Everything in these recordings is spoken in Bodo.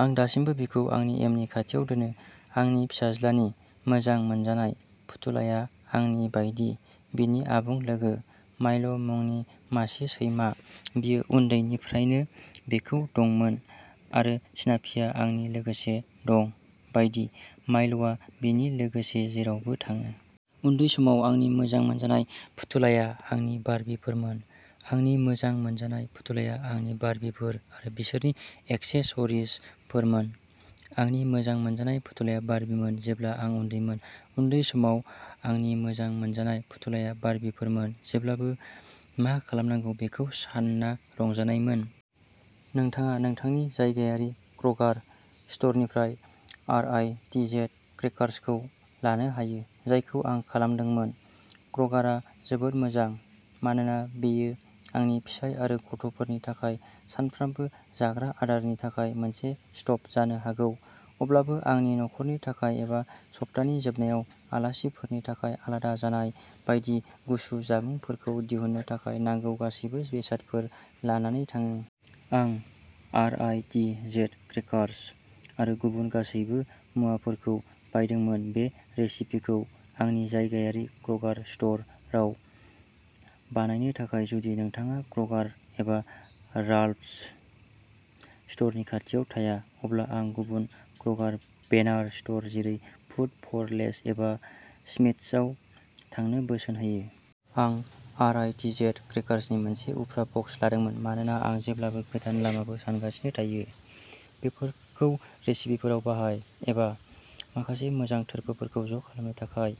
आं दासिमबो बिखौ आंनि एमनि खाथियाव दोनो। आंनि फिसाज्लानि मोजां मोनजानाय फुथुलाया, आंनि बायदि, बिनि आबुं लोगो। मायल'मुंनि मासे सैमा। बियो उन्दैनिफ्रायनो बेखौ दंमोन, आरो स्नाफीआ आंनि लोगोसे दं बायदि, मायल'आ बिनि लोगोसे जेरावबो थाङो। उन्दै समाव आंनि मोजां मोनजानाय फुथुलाया आंनि बार्बीफोरमोन। आंनि मोजां मोनजानाय फुथुलाया आंनि बार्बीफोर आरो बिसोरनि एक्सेसरिजफोरमोन! आंनि मोजां मोनजानाय फुथुलाया बार्बीमोन जेब्ला आं उन्दैमोन। उन्दै समाव आंनि मोजां मोनजानाय फुथुलाया बार्बीफोरमोन। जेब्लाबो मा खालामनांगौ बेखौ सानना रंजानायमोन। नोंथाङा नोंथांनि जायगायारि क्र'गार स्ट'रनिफ्राय आर. आइ. टि. जेड. क्रेकार्सखौ लानो हायो, जायखौ आं खालामदोंमोन। क्र'गारआ जोबोद मोजां मानोना बेयो आंनि फिसाय आरो गथ'फोरनि थाखाय सानफ्रामबो जाग्रा आदारनि थाखाय मोनसे स्टप जानो हागौ, अब्लाबो आंनि नख'रनि थाखाय एबा सप्तानि जोबनायाव आलासिफोरनि थाखाय आलादा जानाय बायदि गुसु जामुंफोरखौ दिहुननो थाखाय नांगौ गासैबो बेसादफोर लानानै थाङो। आं R. I. T. Z. Crackers आरो गुबुन गासैबो मुवाफोरखौ बायदोंमोन बे रेसिपिखौ आंनि जायगायारि क्र'गार स्ट'र आव बानायनो थाखाय। जुदि नोंथाङा क्र'गार एबा राल्फ्स स्ट'रनि खाथियाव थाया, अब्ला आं गुबुन क्र'गार बेनार स्ट'र जेरै फुड फर लेस एबा स्मिथ्सआव थांनो बोसोन होयो। आं आर. आइ. टि. जेड. क्रेकार्सनि मोनसे उफ्रा बक्स लादोंमोन मानोना आं जेब्लाबो गोदान लामाफोर सानगासिनो थायो। बेफोरखौ रेसिपिफोराव बाहाय, एबा माखासे मोजां थोरफोफोरखौ ज'खालामनो थाखाय।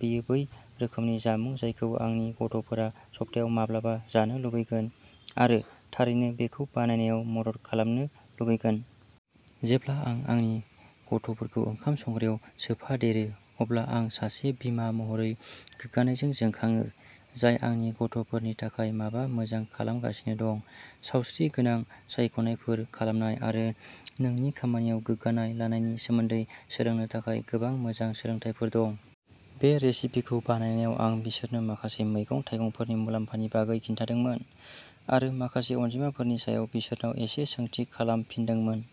बेयो बै रोखोमनि जामुं जायखौ आंनि गथ'फोरा सप्तायाव माब्लाबा जानो लुबैगोन, आरो थारैनो बेखौ बानायनायाव मदद खालामनो लुबैगोन। जेब्ला आं आंनि गथ'फोरखौ ओंखाम संग्रायाव सोफादेरो, अब्ला आं सासे बिमा महरै गोग्गानायजों जोंखाङो, जाय आंनि गथ'फोरनि थाखाय माबा मोजां खालामगासिनो दं। सावस्रिगोनां सायख'नायफोर खालामनाय आरो नोंनि खामानियाव गोग्गानाय लानायनि सोमोन्दै सोलोंनो थाखाय गोबां मोजां सोलोंथायफोर दं। बे रेसिपिखौ बानायनायाव आं बिसोरनो माखासे मैगं-थाइगंफोरनि मुलाम्फानि बागै खिन्थादोंमोन, आरो माखासे अनजिमाफोरनि सायाव बिसोरनाव एसे सोंथि खालामफिनदोंमोन।